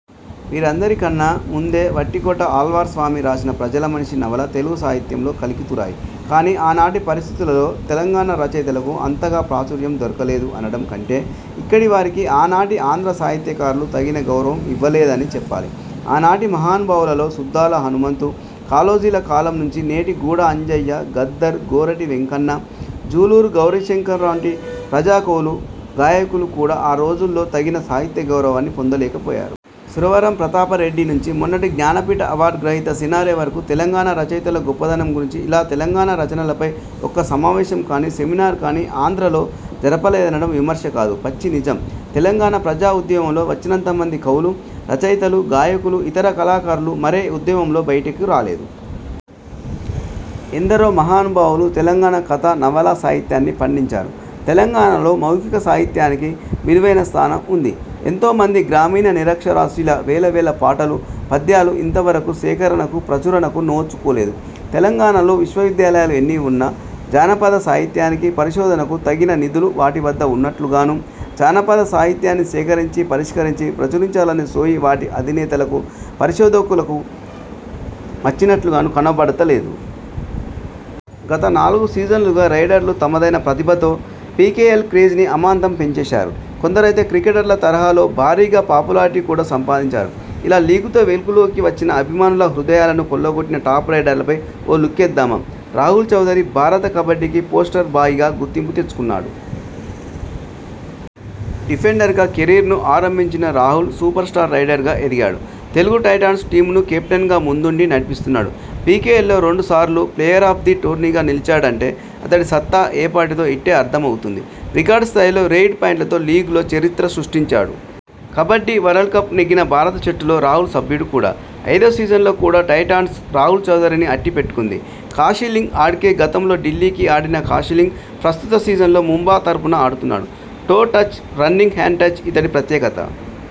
వీరందరికన్నా ముందే వట్టికోట ఆళ్వార్స్వామి రాసిన 'ప్రజలమనిషి' నవల తెలుగు సాహిత్యంలో కలికితురాయి. కాని ఆనాటి పరిస్థితుల్లో తెలంగాణ రచయితలకు అంతగా ప్రాచుర్యం దొరకలేదు అనడం కంటే, ఇక్కడివారికి ఆనాటి ఆంధ్ర సాహిత్యకారులు తగిన గౌరవం ఇవ్వలేదని చెప్పాలి. ఆనాటి మహానుభావులలో సుద్దాల హనుమంతు, కాళోజీల కాలం నుంచి నేటి గూడ అంజయ్య, గద్దర్, గోరటి వెంకన్న, జూలూరు గౌరీశంకర్లాంటి ప్రజా కవులు, గాయకులు కూడా ఆ రోజుల్లో తగిన సాహిత్య గౌరవాన్ని పొందలేకపోయారు. సురవరం ప్రతాపరెడ్డి నుంచి మొన్నటి జ్ఞానపీఠ అవార్డ్ గ్రహిత సినారె వరకు తెలంగాణ రచయితల గొప్పదనం గురించి ఇలా తెలంగాణ రచనలపై ఒక్క సమావేశం కాని, సెమినార్ కాని ఆంధ్రలో జరపలేదనడం విమర్శ కాదు, పచ్చి నిజం. తెలంగాణ ప్రజాఉద్యమంలో వచ్చినంతమంది కవులు, రచయితలు, గాయకులు, ఇతర కళాకారులు మరే ఉద్యమంలో బయటకు రాలేదు. ఎందరో మహానుభావులు తెలంగాణ కథ, నవల సాహిత్యాన్ని పండించారు. తెలంగాణలో మౌఖిక సాహిత్యానికి విలువైన స్థానం ఉంది. ఎంతోమంది గ్రామీణ నిరక్షరాస్యుల వేల వేల పాటలు, పద్యాలు ఇంతవరకు సేకరణకు, ప్రచురణకు నోచుకోలేదు. తెలంగాణలో విశ్వవిద్యాలయాలు ఎన్ని ఉన్నా జానపద సాహిత్యానికి, పరిశోధనకు తగిన నిధులు వాటివద్ద ఉన్నట్లుగానూ, జానపద సాహిత్యాన్ని సేకరించి, పరిష్కరించి, ప్రచురించాలనే సోయి వాటి అధినేతలకూ, పరిశోధకులకు వచ్చినట్లుగానూ కనబడతలేదు. గత నాలుగు సీజన్లుగా రైడర్లు తమదైన ప్రతిభతో పీకేఎల్ క్రేజ్ని అమాంతం పెంచేశారు. కొందరైతే క్రికెటర్ల తరహాలో భారీగా పాపులారిటీ కూడా సంపాదించారు. ఇలా లీగ్తో వెలుగులోకి వచ్చి అభిమానుల హృదయాలను కొల్లగొట్టిన టాప్ రైడర్లపై ఓ లుక్కేద్దామా! రాహుల్ చౌదరి భారత కబడ్డీకి పోస్టర్ బాయ్గా గుర్తింపు తెచ్చుకున్నాడు. డిఫెండర్గా కెరీర్ను ఆరంభించిన రాహుల్ సూపర్ స్టార్ రైడర్గా ఎదిగాడు. తెలుగు టైటా న్స్ టీమ్ను కెప్టెన్గా ముందుండి నడిపిస్తున్నాడు. పీకేఎల్లో రెండుసార్లు ప్లేయర్ ఆఫ్ ది టోర్నీగా నిలిచాడంటే అతడి సత్తా ఏపాటిదో ఇట్టే అర్థమ వుతోంది. రికార్డు స్థాయిలో రెయిడ్ పాయింట్లతో లీగ్లో చరిత్ర సృష్టించాడు. కబడ్డీ వరల్డ్కప్ నెగ్గిన భారత జట్టులో రాహుల్ సభ్యుడు కూడా. ఐదో సీజన్లో కూడా టైటాన్స్ రాహుల్ చౌదరిని అట్టి పెట్టుకుంది. కాశీలింగ్ అడ్కే గతంలో ఢిల్లీకి ఆడిన కాశీలింగ్ ప్రస్తుత సీజన్లో ముంబా తరఫున ఆడుతున్నాడు. Toe touch, running hand touch ఇతడి ప్రత్యేకత.